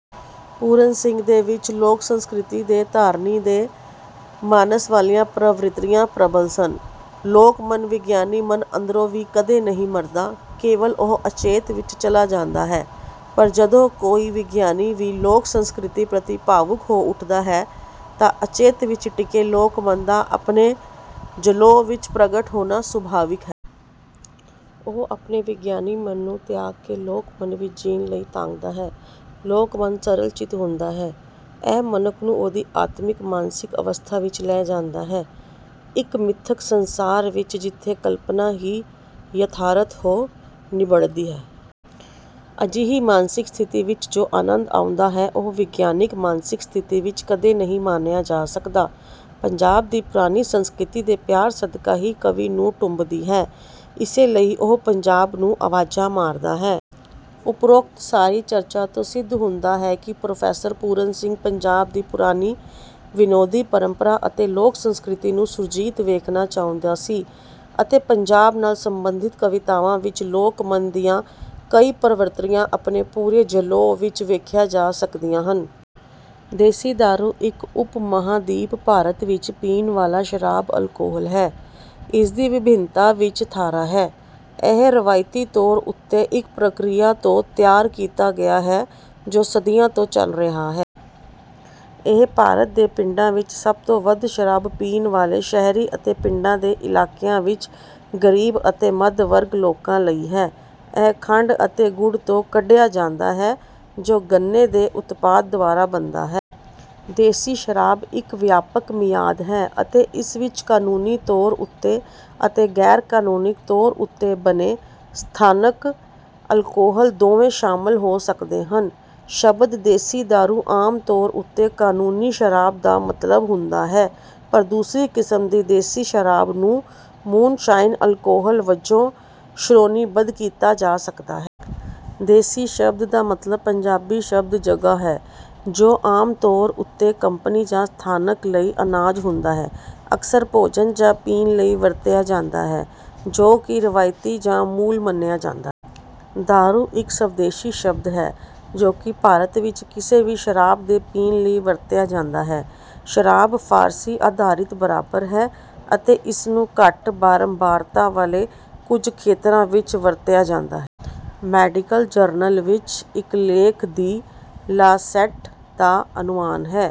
ਪੂਰਨ ਸਿੰਘ ਦੇ ਵਿੱਚ ਲੋਕ ਸੰਸਕ੍ਰਿਤੀ ਦੇ ਧਾਰਨੀ ਦੇ ਮਾਨਸ ਵਾਲੀਆਂ ਪ੍ਰਵਿਰਤੀਆਂ ਪ੍ਰਬਲ ਸਨ। ਲੋਕਮਨ ਵਿਗਿਆਨੀ ਮਨ ਅੰਦਰੋਂ ਵੀ ਕਦੇ ਨਹੀਂ ਮਰਦਾ। ਕੇਵਲ ਉਹ ਅਚੇਤ ਵਿੱਚ ਚਲਾ ਜਾਂਦਾ ਹੈ। ਪਰ ਜਦੋਂ ਕੋਈ ਵਿਗਿਆਨੀ ਵੀ ਲੋਕ ਸੰਸਕ੍ਰਿਤੀ ਪ੍ਰਤੀ ਭਾਵੁਕ ਹੋ ਉਠਦਾ ਹੈ ਤਾਂ ਅਚੇਤ ਵਿੱਚ ਟਿਕੇ ਲੋਕਮਨ ਦਾ ਆਪਣੇ ਜਲੌਅ ਵਿੱਚ ਪ੍ਰਗਟ ਹੋਣਾ ਸੁਭਾਵਿਕ ਹੈ। ਉਹ ਆਪਣੇ ਵਿਗਿਆਨੀ ਮਨ ਨੂੰ ਤਿਆਗ ਕੇ ਲੋਕਮਨ ਵਿੱਚ ਜੀਣ ਲਈ ਤਾਂਘਦਾ ਹੈ। ਲੋਕ ਮਨ ਸਰਲ ਚਿੱਤ ਹੁੰਦਾ ਹੈ। ਇਹ ਮਨੁੱਖ ਨੂੰ ਉਹਦੀ ਆਤਮਿਕ ਮਾਨਸਿਕ ਅਵਸਥਾ ਵਿੱਚ ਲੈ ਜਾਂਦਾ ਹੈ। ਇੱਕ ਮਿੱਥਕ ਸੰਸਾਰ ਵਿੱਚ ਜਿੱਥੇ ਕਲਪਨਾ ਹੀ ਯਥਾਰਥ ਹੋ ਨਿੱਬੜਦੀ ਹੈ। ਅਜਿਹੀ ਮਾਨਸਿਕ ਸਥਿਤੀ ਵਿੱਚ ਜੋ ਆਨੰਦ ਆਉਂਦਾ ਹੈ। ਉਹ ਵਿਗਿਆਨਕ ਮਾਨਸਿਕ ਸਥਿਤੀ ਵਿੱਚ ਕਦੇ ਨਹੀਂ ਮਾਣਿਆ ਜਾ ਸਕਦਾ। ਪੰਜਾਬ ਦੀ ਪੁਰਾਣੀ ਸੰਸਕ੍ਰਿਤੀ ਦੇ ਪਿਆਰ ਸਦਕਾ ਹੀ ਕਵੀ ਨੂੰ ਟੁੰਬਦੀ ਹੈ। ਇਸੇ ਲਈ ਉਹ ਪੰਜਾਬ ਨੂੰ ਆਵਾਜ਼ਾਂ ਮਾਰਦਾ ਹੈ। ਉਪਰੋਕਤ ਸਾਰੀ ਚਰਚਾ ਤੋਂ ਸਿੱਧ ਹੁੰਦਾ ਹੈ ਕਿ ਪ੍ਰੋਫੈਸਰ ਪੂਰਨ ਸਿੰਘ ਪੰਜਾਬ ਦੀ ਪੁਰਾਣੀ ਵਿਨੋਦੀ ਪਰੰਪਰਾ ਅਤੇ ਲੋਕ ਸੰਸਕ੍ਰਿਤੀ ਨੂੰ ਸੁਰਜੀਤ ਵੇਖਣਾ ਚਾਹੁੰਦਾ ਸੀ ਅਤੇ ਪੰਜਾਬ ਨਾਲ ਸੰਬੰਧਿਤ ਕਵਿਤਾਵਾਂ ਵਿੱਚ ਲੋਕਮਨ ਦੀਆਂ ਕਈ ਪ੍ਰਵਿਰਤੀਆਂ ਆਪਣੇ ਪੂਰੇ ਜਲੌਅ ਵਿੱਚ ਵੇਖੀਆਂ ਜਾ ਸਕਦੀਆਂ ਹਨ। ਦੇਸੀ ਦਾਰੂ ਇੱਕ ਉਪ ਮਹਾਂਦੀਪ ਭਾਰਤ ਵਿੱਚ ਪੀਣ ਵਾਲਾ ਸ਼ਰਾਬ ਅਲਕੋਹਲ ਹੈ, ਇਸਦੀ ਵਿਭਿੰਨਤਾ ਵਿੱਚ ਥਾਰਾ ਹੈ। ਇਹ ਰਵਾਇਤੀ ਤੌਰ ਉੱਤੇ ਇੱਕ ਪ੍ਰਕਿਰਿਆ ਤੋਂ ਤਿਆਰ ਕੀਤਾ ਗਿਆ ਹੈ ਜੋ ਸਦੀਆਂ ਤੋਂ ਚਲ ਰਿਹਾ ਹੈ। ਇਹ ਭਾਰਤ ਦੇ ਪਿੰਡਾਂ ਵਿੱਚ ਸਭ ਤੋਂ ਵੱਧ ਸ਼ਰਾਬ ਪੀਣ ਵਾਲੇ ਸ਼ਹਿਰੀ ਅਤੇ ਪਿੰਡਾਂ ਦੇ ਇਲਾਕਿਆਂ ਵਿੱਚ ਗਰੀਬ ਅਤੇ ਮੱਧ ਵਰਗ ਲੋਕਾਂ ਲਈ ਹੈ। ਇਹ ਖੰਡ ਅਤੇ ਗੁੜ ਤੋਂ ਕੱਢਿਆ ਜਾਂਦਾ ਹੈ ਜੋ ਗੰਨੇ ਦੇ ਉਤਪਾਦ ਦੁਆਰਾ ਬਣਦਾ ਹੈ। ਦੇਸੀ ਸ਼ਰਾਬ ਇੱਕ ਵਿਆਪਕ ਮਿਆਦ ਹੈ ਅਤੇ ਇਸ ਵਿੱਚ ਕਾਨੂੰਨੀ ਤੌਰ ਉੱਤੇ ਅਤੇ ਗੈਰਕਾਨੂੰਨੀ ਤੌਰ ਉੱਤੇ ਬਣੇ ਸਥਾਨਕ ਅਲਕੋਹਲ ਦੋਵੇਂ ਸ਼ਾਮਲ ਹੋ ਸਕਦੇ ਹਨ। ਸ਼ਬਦ ਦੇਸੀ ਦਾਰੂ ਆਮ ਤੌਰ ਉੱਤੇ ਕਾਨੂੰਨੀ ਸ਼ਰਾਬ ਦਾ ਮਤਲਬ ਹੁੰਦਾ ਹੈ ਪਰ ਦੂਸਰੀ ਕਿਸਮ ਦੀ ਦੇਸੀ ਸ਼ਰਾਬ ਨੂੰ ਮੂਨਸ਼ਾਈਨ ਅਲਕੋਹਲ ਵਜੋਂ ਸ਼੍ਰੇਣੀਬੱਧ ਕੀਤਾ ਜਾ ਸਕਦਾ ਹੈ। ਦੇਸੀ ਸ਼ਬਦ ਦਾ ਮਤਲਬ ਪੰਜਾਬੀ ਸ਼ਬਦ ਜਗ੍ਹਾ ਹੈ, ਜੋ ਆਮ ਤੌਰ ਉੱਤੇ ਕੰਪਨੀ ਜਾਂ ਸਥਾਨਕ ਲਈ ਅਨਾਜ ਹੁੰਦਾ ਹੈ। ਅਕਸਰ ਭੋਜਨ ਜਾਂ ਪੀਣ ਲਈ ਵਰਤਿਆ ਜਾਂਦਾ ਹੈ ਜੋ ਕਿ ਰਵਾਇਤੀ ਜਾਂ ਮੂਲ ਮੰਨਿਆ ਜਾਂਦਾ ਹੈ। ਦਾਰੂ ਇੱਕ ਸਵਦੇਸ਼ੀ ਸ਼ਬਦ ਹੈ ਜੋ ਕਿ ਭਾਰਤ ਵਿੱਚ ਕਿਸੇ ਵੀ ਸ਼ਰਾਬ ਦੇ ਪੀਣ ਲਈ ਵਰਤਿਆ ਜਾਂਦਾ ਹੈ। ਸ਼ਰਾਬ ਫ਼ਾਰਸੀ ਆਧਾਰਿਤ ਬਰਾਬਰ ਹੈ ਅਤੇ ਇਸ ਨੂੰ ਘੱਟ ਬਾਰੰਬਾਰਤਾ ਵਾਲੇ ਕੁਝ ਖੇਤਰਾਂ ਵਿੱਚ ਵਰਤਿਆ ਜਾਂਦਾ ਹੈ। ਮੈਡੀਕਲ ਜਰਨਲ ਵਿੱਚ ਇੱਕ ਲੇਖ ਦਿ ਲਾਂਸੈਟ ਦਾ ਅਨੁਮਾਨ ਹੈ